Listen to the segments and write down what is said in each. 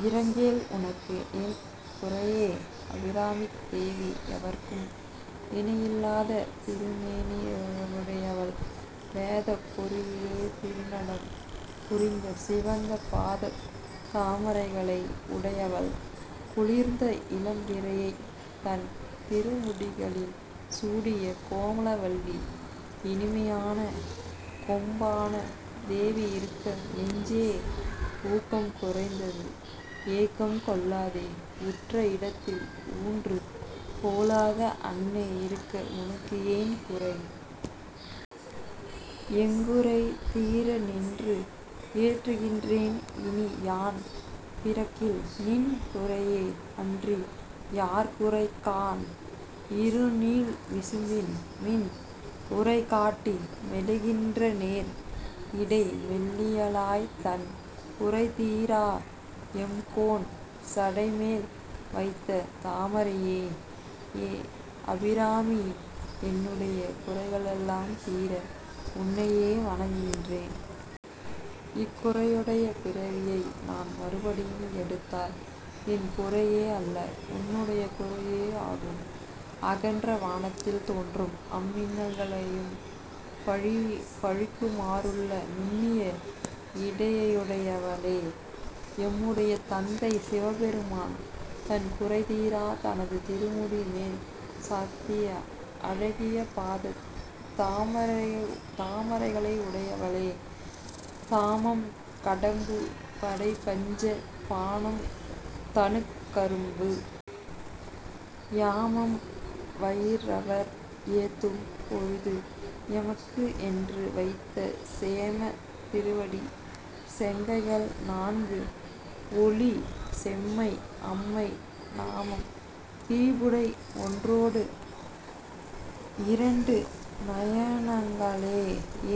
-இரங்கேல், உனக்கு என் குறையே? அபிராமித் தேவி எவருக்கும் இணையில்லாத திருமேனியழகுடையவள். வேதப் பொருளிலே திருநடம் புரிந்த சிவந்த பாதத் தாமரைகளை உடையவள். குளிர்ந்த இளம்பிறையைத் தன் திருமுடிகளில் சூடிய கோமளவல்லி, இனிமையான கொம்பான தேவி இருக்க, நெஞ்சே! ஊக்கம் குறைந்து, ஏக்கம் கொள்ளாதே! உற்ற இடத்தில் ஊன்று கோலாக அன்னை இருக்க உனக்கு ஏன் குறை?: எங்குறை தீரநின்று ஏற்றுகின்றேன், இனி யான் பிறக்கில், நின் குறையே அன்றி யார் குறை காண்? -இரு நீள் விசும்பின் மின் குறை காட்டி மெலிகின்ற நேர் இடை மெல்லியலாய். தன் குறை தீர, எம்கோன் சடை மேல் வைத்த தாமரையே. ஏ, அபிராமி! என்னுடைய குறைகளெல்லாம் தீர உன்னையே வணங்குகின்றேன். இக்குறையுடைய பிறவியை நான் மறுபடியும் எடுத்தால் என் குறையே அல்ல. உன்னுடைய குறையேயாகும். அகன்ற வானத்தில் தோன்றும் அம்மின்னலையும் பழிக்குமாறுள்ள நுண்ணிய இடையையுடையவளே! எம்முடைய தந்தை சிவபெருமான், தன் குறை தீர, தனது திருமுடி மேல் சாத்திய அழகிய பாதத் தாமரைகளையுடையவளே!: தாமம் கடம்பு, படை பஞ்ச பாணம், தனுக் கரும்பு,। யாமம் வயிரவர் ஏத்தும் பொழுது, எமக்கு என்று வைத்த சேமம் திருவடி, செங்கைகள் நான்கு, ஒளி செம்மை, அம்மை நாமம் திரிபுரை, ஒன்றோடு இரண்டு நயனங்களே.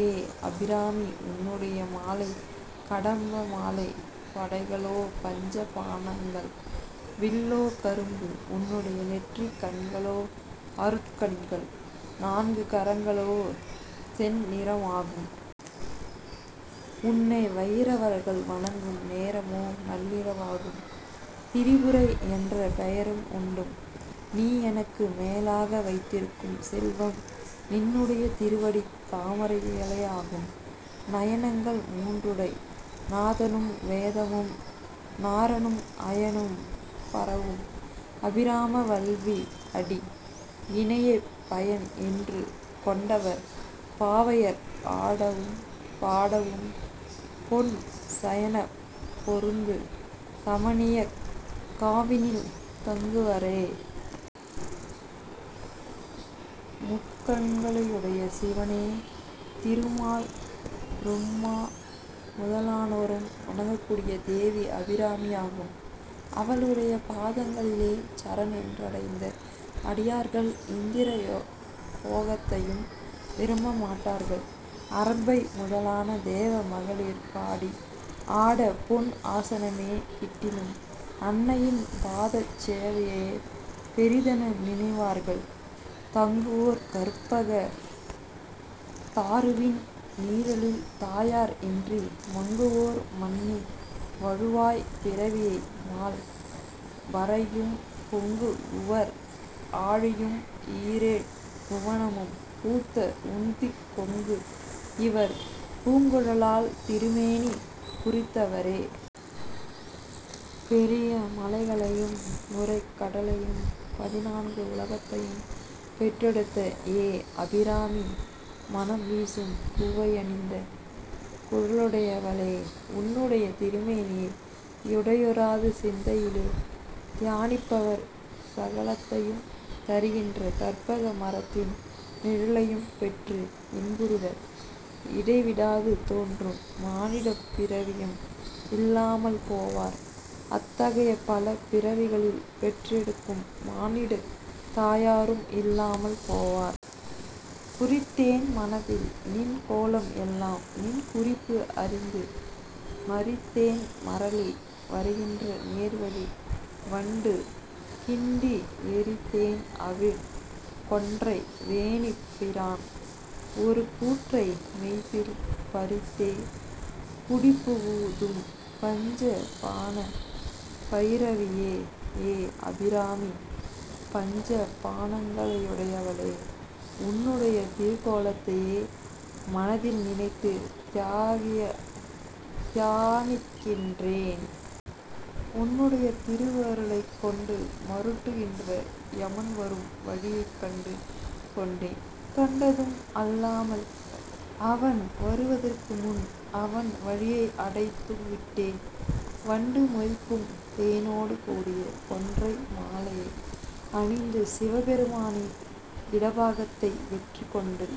ஏ, அபிராமி! உன்னுடைய மாலை, கடம்ப மாலை, படைகளோ பஞ்ச பாணங்கள்; வில்லோ கரும்பு; உன்னுடைய நெற்றிக் கண்களோ அருட் கண்கள்; நான்கு கரங்களோ செந்நிறமாகும். உன்னை வயிரவர்கள் வணங்கும் நேரமோ நள்ளிரவாகும். திரிபுரை என்ற பெயரும் உண்டும். நீ எனக்கு மேலாக வைத்திருக்கும் செல்வம் நின்னுடைய திருவடித் தாமரைகளேயாகும்.: நயனங்கள் மூன்றுடை நாதனும், வேதமும், நாரணனும், அயனும் பரவும் அபிராம வல்லி அடி இணையைப் பயன் என்று கொண்டவர், பாவையர் ஆடவும் பாடவும், பொன் சயனம் பொருந்து தமனியக் காவினில் தங்குவரே. முக்கண்களையுடைய சிவன், திருமால், பிரும்மா முதலானோரும் வணங்கக்கூடிய தேவி அபிராமியாகும். அவளுடைய பாதங்களிலே சரண் என்றடைந்த அடியார்கள் இந்திர போகத்தையும் விரும்ப மாட்டார்கள். அரம்பை முதலான தேவ மகளிர் பாடி, ஆட, பொன் ஆசனமே கிட்டினும், அன்னையின் பாதச் சேவையையே பெரிதென நினைவார்கள்.: தங்குவர், கற்பக தாருவின் நீழலில், தாயர் இன்றி மங்குவர், மண்ணில் வழுவாய் பிறவியை,-மால் வரையும், பொங்கு உவர் ஆழியும், ஈரேழ் புவனமும், பூத்த உந்திக் கொங்கு இவர் பூங்குழலாள் திருமேனி குறித்தவரே. பெரிய மலைகளையும், நுரைக் கடலையும், பதினான்கு உலகத்தையும் பெற்றெடுத்த ஏ அபிராமி! மணம் வீசும் பூவையணிந்த குழலுடையவளே! உன்னுடைய திருமேனியை இடையுறாது சிந்தையிலே தியானிப்பவர் சகலத்தையும் தருகின்ற கற்பக மரத்தின் நிழலையும் பெற்று இன்புறுவர். இடைவிடாது தோன்றும் மானிடப் பிறவியும் இல்லாமல் போவர். அத்தகைய பல பிறவிகளில் பெற்றெடுக்கும் மானிடத் தாயாரும் இல்லாமல் போவர்.: குறித்தேன் மனத்தில் நின் கோலம் எல்லாம், நின் குறிப்பு அறிந்து மறித்தேன் மறலி வருகின்ற நேர்வழி, வண்டு கிண்டி வெறித்தேன் அவிழ் கொன்றை வேணிப் பிரான் ஒரு கூற்றை, மெய்யில் பறித்தே, குடிபுகுதும் பஞ்ச பாண பயிரவியே. ஏ, அபிராமி! பஞ்ச பாணங்களையுடையவளே! உன்னுடைய திருக்கோலத்தையே மனத்தில் நினைத்து தியானிக்கின்றேன். உன்னுடைய திருவருளைக் கொண்டு, மருட்டுகின்ற யமன்வரும் வழியைக் கண்டு கொண்டேன். கண்டதும் அல்லாமல், அவன் வருவதற்கு முன், அவன் வழியை அடைத்தும் விட்டேன். வண்டு மொய்க்கும் தேனொடு கூடிய கொன்றை மாலையை அணிந்த சிவபெருமானின் இடப்பாகத்தை வெற்றி கொண்டு,